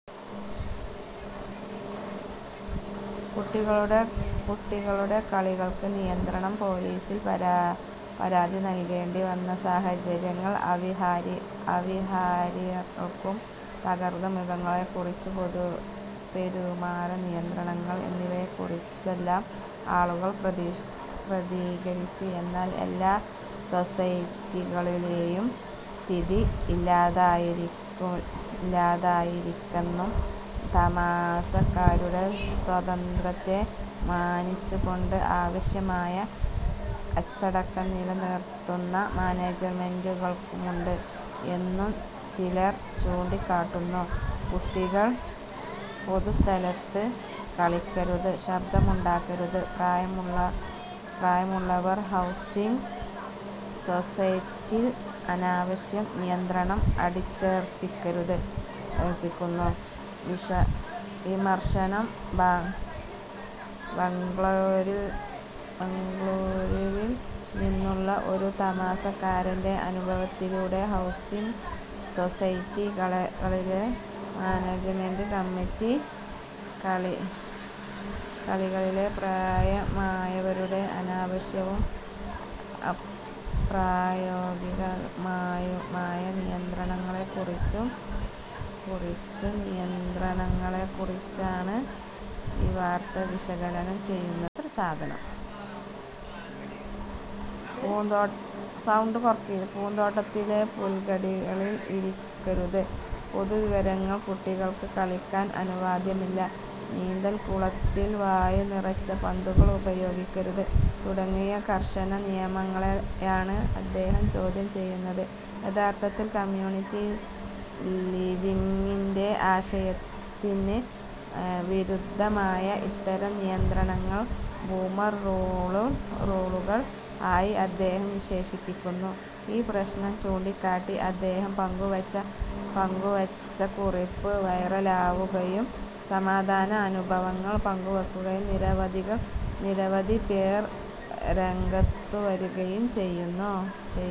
കുട്ടികളുടെ കളികൾക്ക് നിയന്ത്രണം, പോലീസിൽ പരാതി നൽകേണ്ടി വന്ന സാഹചര്യങ്ങൾ, അവിവാഹിതർക്കും വളർത്തുമൃഗങ്ങൾക്കുമെതിരായ നിയന്ത്രണങ്ങൾ എന്നിവയെക്കുറിച്ചെല്ലാം ആളുകൾ പ്രതികരിച്ചു. എന്നാൽ എല്ലാ സൊസൈറ്റികളിലെയും സ്ഥിതി ഇതായിരിക്കില്ലെന്നും, താമസക്കാരുടെ സ്വാതന്ത്ര്യത്തെ മാനിച്ചുകൊണ്ട് ആവശ്യമായ അച്ചടക്കം നിലനിർത്തുന്ന മാനേജ്മെന്റുകളുമുണ്ട് എന്നും ചിലർ ചൂണ്ടിക്കാട്ടുന്നു. കുട്ടികൾ പൊതുസ്ഥലത്ത് കളിക്കരുത്, ശബ്ദമുണ്ടാക്കരുത്: പ്രായമുള്ളവർ ഹൗസിങ് സൊസൈറ്റിയിൽ അനാവശ്യ നിയന്ത്രണം അടിച്ചേൽപ്പിക്കുന്നു; വിമർശനം ബംഗളൂരുവിൽ നിന്നുള്ള ഒരു താമസക്കാരന്റെ അനുഭവത്തിലൂടെ, ഹൗസിങ് സൊസൈറ്റികളിലെ മാനേജ്മെന്റ് കമ്മിറ്റികളിലെ പ്രായമായവരുടെ അനാവശ്യവും അപ്രായോഗികവുമായ നിയന്ത്രണങ്ങളെക്കുറിച്ചാണ് ഈ വാർത്ത വിശകലനം ചെയ്യുന്നത്. പൂന്തോട്ടത്തിലെ പുൽത്തകിടിയിൽ ഇരിക്കരുത്, പൊതുവിടങ്ങളിൽ കുട്ടികൾക്ക് കളിക്കാൻ അനുവാദമില്ല, നീന്തൽക്കുളത്തിൽ വായു നിറച്ച പന്തുകൾ ഉപയോഗിക്കരുത് തുടങ്ങിയ കർശന നിയമങ്ങളെയാണ് അദ്ദേഹം ചോദ്യം ചെയ്യുന്നത്. യഥാർത്ഥത്തിൽ കമ്മ്യൂണിറ്റി ലിവിങ്ങിന്റെ ആശയത്തിന് വിരുദ്ധമായ ഇത്തരം നിയന്ത്രണങ്ങൾ 'ബൂമർ റൂളുകൾ' ആയി അദ്ദേഹം വിശേഷിപ്പിക്കുന്നു. ഈ പ്രശ്നം ചൂണ്ടിക്കാട്ടി അദ്ദേഹം പങ്കുവെച്ച കുറിപ്പ് വൈറലാവുകയും സമാന അനുഭവങ്ങൾ പങ്കുവെച്ച് നിരവധിപേർ രംഗത്തുവരികയും ചെയ്തു.